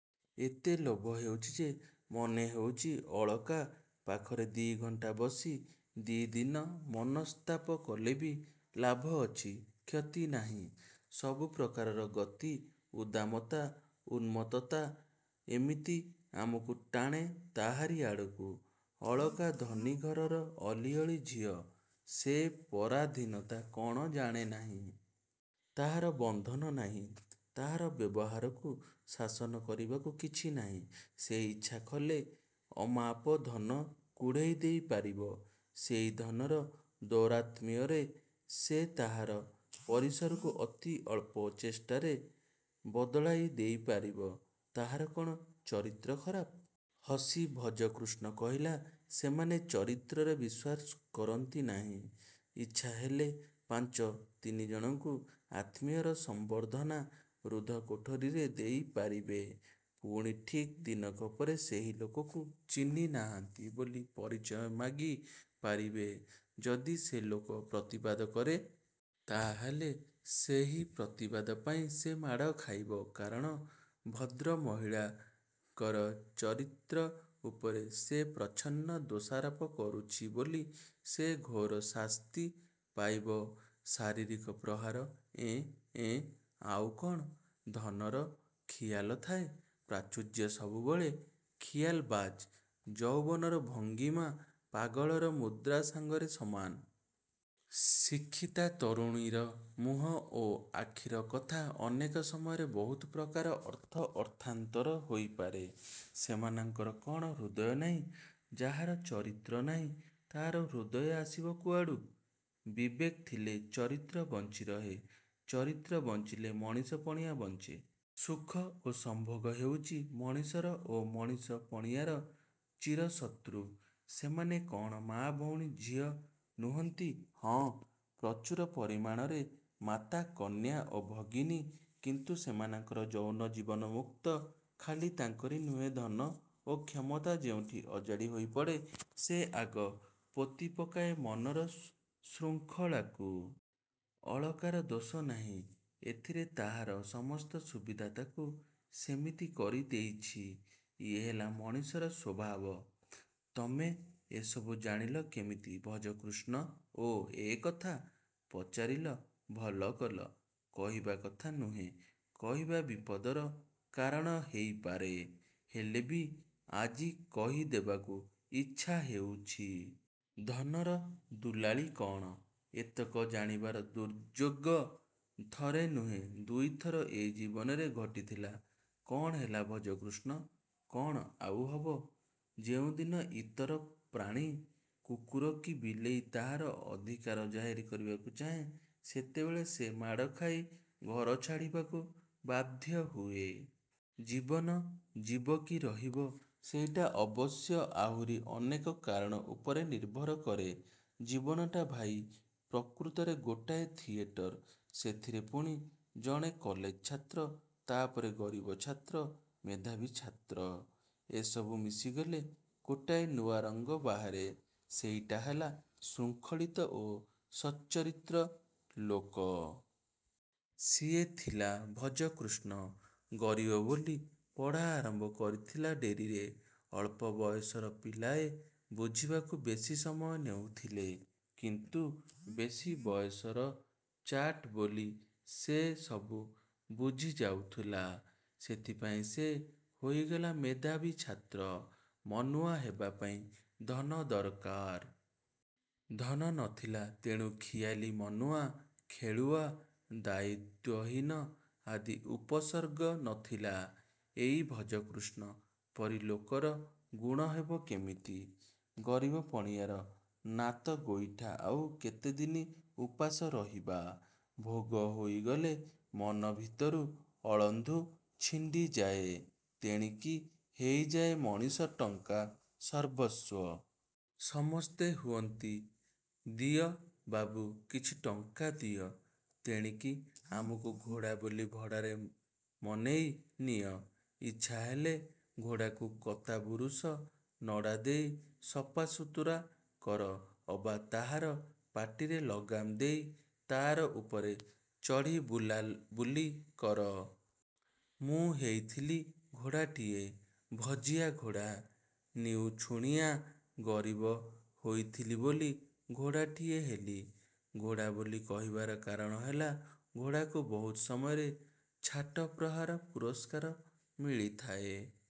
ଏତେ ଲୋଭ ହେଉଛି ଯେ ମନେହେଉଛି ଅଳକା ପାଖରେ ଦି'ଘଣ୍ଟା ବସି ଦି'ଦିନ ମନସ୍ତାପ କଲେ ବି ଲାଭ ଅଛି-କ୍ଷତି ନାହିଁ। -ସବୁ ପ୍ରକାରର ଗତି, ଉଦ୍ଦାମତା, ଉନ୍ମତ୍ତତା ଏମିତି ଆମକୁ ଟାଣେ ତାହାରି ଆଡ଼କୁ। ଅଳକା ଧନୀ ଘରର ଅଲିଅଳି ଝିଅ। ସେ ପରାଧୀନତା କ'ଣ ଜାଣେ ନାହିଁ। ତାହାର ବନ୍ଧନ ନାହିଁ-। ତାହାର ବ୍ୟବହାରକୁ ଶାସନ କରିବାକୁ କିଛି ନାହିଁ। ସେ ଇଚ୍ଛା କଲେ ଅମାପ ଧନ କୁଢ଼େଇ ଦେଇ ପାରିବ। ସେଇ ଧନର ଦୌରାତ୍ମ୍ୟରେ ସେ ତାହାର ପରିସରକୁ ଅତି ଅଳ୍ପ ଚେଷ୍ଟାରେ ବଦଳାଇ ଦେଇ ପାରିବ। -ତାହାର କ'ଣ ଚରିତ୍ର ଖରାପ? ହସି ଭଜକୃଷ୍ଣ କହିଲା-ସେମାନେ ଚରିତ୍ରରେ ବିଶ୍ୱାସ କରନ୍ତି ନାହିଁ। ଇଚ୍ଛା ହେଲେ ପାଞ୍ଚ ତିନିଜଣଙ୍କୁ ଆତ୍ମୀୟର ସମ୍ବର୍ଦ୍ଧନା ରୁଦ୍ଧ କୋଠରୀରେ ଦେଇ ପାରିବେ। ପୁଣି ଠିକ୍ ଦିନକ ପରେ ସେହି ଲୋକକୁ ଚିହ୍ନି ନାହାଁନ୍ତି ବୋଲି ପରିଚୟ ମାଗି ପାରିବେ। -ଯଦି ସେ ଲୋକ ପ୍ରତିବାଦ କରେ। -ତାହାହେଲେ ସେହି ପ୍ରତିବାଦ ପାଇଁ ସେ ମାଡ଼ ଖାଇବ। କାରଣ ଭଦ୍ରମହିଳାଙ୍କର ଚରିତ୍ର ଉପରେ ସେ ପ୍ରଚ୍ଛନ୍ନ ଦୋଷାରୋପ କରୁଛି ବୋଲି ସେ ଘୋର ଶାସ୍ତି ପାଇବ-ଶାରିରୀକ ପ୍ରହାର। -ଏଁ-ଏଁ। -ଆଉ କ'ଣ? ଧନର ଖିଆଲ ଥାଏ। ପ୍ରାଚୁର୍ଯ୍ୟ ସବୁବେଳେ ଖିଆଲବାଜ୍। ଯୌବନର ଭଙ୍ଗିମା ପାଗଳର ମୁଦ୍ରା ସାଙ୍ଗରେ ସମାନ। ଶିକ୍ଷିତା ତରୁଣୀର ମୁହଁ ଓ ଆଖିର କଥା ଅନେକ ସମୟରେ ବହୁତ ପ୍ରକାରର ଅର୍ଥ ଅର୍ଥାନ୍ତର ହୋଇପାରେ। -ସେମାନଙ୍କର କ'ଣ ହୃଦୟ ନାହିଁ? -ଯାହାର ଚରିତ୍ର ନାହିଁ, ତାହାର ହୃଦୟ ଆସିବ କୁଆଡ଼ୁ? ବିବେକ ଥିଲେ ଚରିତ୍ର ବଞ୍ଚିରହେ। ଚରିତ୍ର ବଞ୍ଚିଲେ ମଣିଷ ପଣିଆ ବଞ୍ଚେ। ସୁଖ ଓ ସମ୍ଭୋଗ ହେଉଛି ମଣିଷର ଓ ମଣିଷ ପଣିଆର ଚିରଶତ୍ରୁ। -ସେମାନେ କ'ଣ ମା, ଭଉଣୀ, ଝିଅ ନୁହଁନ୍ତି? -ହଁ। ପ୍ରଚୁର ପରିମାଣରେ ମାତା, କନ୍ୟା ଓ ଭଗିନୀ କିନ୍ତୁ ସେମାନଙ୍କର ଯୌନ ଜୀବନ ମୁକ୍ତ। ଖାଲି ତାଙ୍କରି ନୁହେଁ ଧନ ଓ କ୍ଷମତା ଯେଉଁଠି ଅଜାଡ଼ି ହୋଇପଡ଼େ ସେ ଆଗ ପୋତିପକାଏ ମନର ଶୃଙ୍ଖଳାକୁ। ଅଳକାର ଦୋଷ ନାହିଁ ଏଥିରେ ତାହାର ସମସ୍ତ ସୁବିଧା ତା'କୁ ସେମିତି କରିଦେଇଛି। ଇଏ ହେଲା ମଣିଷର ସ୍ୱଭାବ। -ତମେ ଏସବୁ ଜାଣିଲ କେମିତି ଭଜକୃଷ୍ଣ? -ଓ, ଏ କଥା? ପଚାରିଲ ଭଲ କଲ? କହିବା କଥା ନୁହେଁ। କହିବା ବିପଦର କାରଣ ହେଇପାରେ। ହେଲେ ବି ଆଜି କହି ଦେବାକୁ ଇଚ୍ଛା ହେଉଛି। ଧନର ଦୁଲାଳୀ କ'ଣ? -ଏତକ ଜାଣିବାର ଦୁର୍ଯ୍ୟୋଗ ଥରେ ନୁହେଁ ଦୁଇଥର ଏଇ ଜୀବନରେ ଘଟିଥିଲା। -କ'ଣ ହେଲା-ଭଜକୃଷ୍ଣ? -କ'ଣ ଆଉ ହବ? ଯେଉଁଦିନ ଇତର ପ୍ରାଣୀ କୁକୁର କି ବିଲେଇ ତାହାର ଅଧିକାର ଜାହିର କରିବାକୁ ଚାହେଁ ସେତେବେଳେ ସେ ମାଡ଼ ଖାଇ ଘର ଛାଡ଼ିବାକୁ ବାଧ୍ୟ ହୁଏ। ଜୀବନ ଯିବ କି ରହିବ-ସେଇଟା ଅବଶ୍ୟ ଆହୁରି ଅନେକ କାରଣ ଉପରେ ନିର୍ଭର କରେ। ଜୀବନଟା ଭାଇ ପ୍ରକୃତରେ ଗୋଟାଏ ଥିଏଟର୍। ସେଥିରେ ପୁଣି ଜଣେ କଲେଜ ଛାତ୍ର-ତା'ପରେ-ଗରିବ ଛାତ୍ର, ମେଧାବୀ ଛାତ୍ର। ଏସବୁ ମିଶିଗଲେ ଗୋଟାଏ ନୂଆରଙ୍ଗ ବାହାରେ-ସେଇଟା ହେଲା ଶୃଙ୍ଖଳିତ ଓ ସଚ୍ଚରିତ୍ର ଲୋକ। ସିଏ ଥିଲା ଭଜକୃଷ୍ଣ। ଗରିବ ବୋଲି ପଢ଼ା ଆରମ୍ଭ କରିଥିଲା ଡେରିରେ। ଅଳ୍ପ ବୟସର ପିଲାଏ ବୁଝିବାକୁ ବେଶି ସମୟ ନେଉଥିଲେ, କିନ୍ତୁ ବେଶି ବୟସର ଚାଟ ବୋଲି ସେ ସବୁ ବୁଝି ଯାଉଥିଲା। ସେଥିପାଇଁ ସେ ହୋଇଗଲା ମେଧାବୀ ଛାତ୍ର। ମନୁଆ ହେବାପାଇଁ ଧନ ଦରକାର। ଧନ ନ ଥିଲା। ତେଣୁ ଖିଆଲି, ମନୁଆ, ଖେଳୁଆ, ଦାୟିତ୍ୱହୀନ ଆଦି ଉପସର୍ଗ ନ ଥିଲା। ଏଇ ଭଜକୃଷ୍ଣ ପରି ଲୋକର ଗୁଣ ହେବ କେମିତି? ଗରିବ ପଣିଆର ନାତ ଗୋଇଠା ଆଉ କେତେଦିନ ଉପାସ ରହିବା ଭୋଗ ହୋଇଗଲେ ମନଭିତରୁ ଅଳନ୍ଧୁ ଛିଣ୍ଡିଯାଏ। ତେଣିକି ହେଇଯାଏ ମଣିଷ ଟଙ୍କା-ସର୍ବସ୍ୱ। ସମସ୍ତେ ହୁଅନ୍ତି। -ଦିଅ ବାବୁ କିଛି ଟଙ୍କା ଦିଅ। ତେଣିକି ଆମକୁ ଘୋଡ଼ା ବୋଲି ଭଡ଼ାରେ ମନେଇ ନିଅ-। ଇଚ୍ଛା ହେଲେ ଘୋଡ଼ାକୁ କତା ବୁରୁସ, ନଡ଼ା ଦେଇ ସଫାସୁତୁରା କର ଅବା ତାହାର ପାଟିରେ ଲଗାମ ଦେଇ ତା'ର ଉପରେ ଚଢ଼ି ବୁଲାବୁଲି କର। ମୁଁ ହେଇଥିଲି ଘୋଡ଼ାଟିଏ-ଭଜିଆ ଘୋଡ଼ା। ନିଉଛୁଣିଆ ଗରିବ ହୋଇଥିଲି ବୋଲି ଘୋଡ଼ାଟିଏ ହେଲି। ଘୋଡ଼ା ବୋଲି କହିବାର କାରଣ ହେଲା-ଘୋଡ଼ାକୁ ବହୁତ ସମୟରେ ଛାଟ ପ୍ରହାର ପୁରସ୍କାର ମିଳିଥାଏ।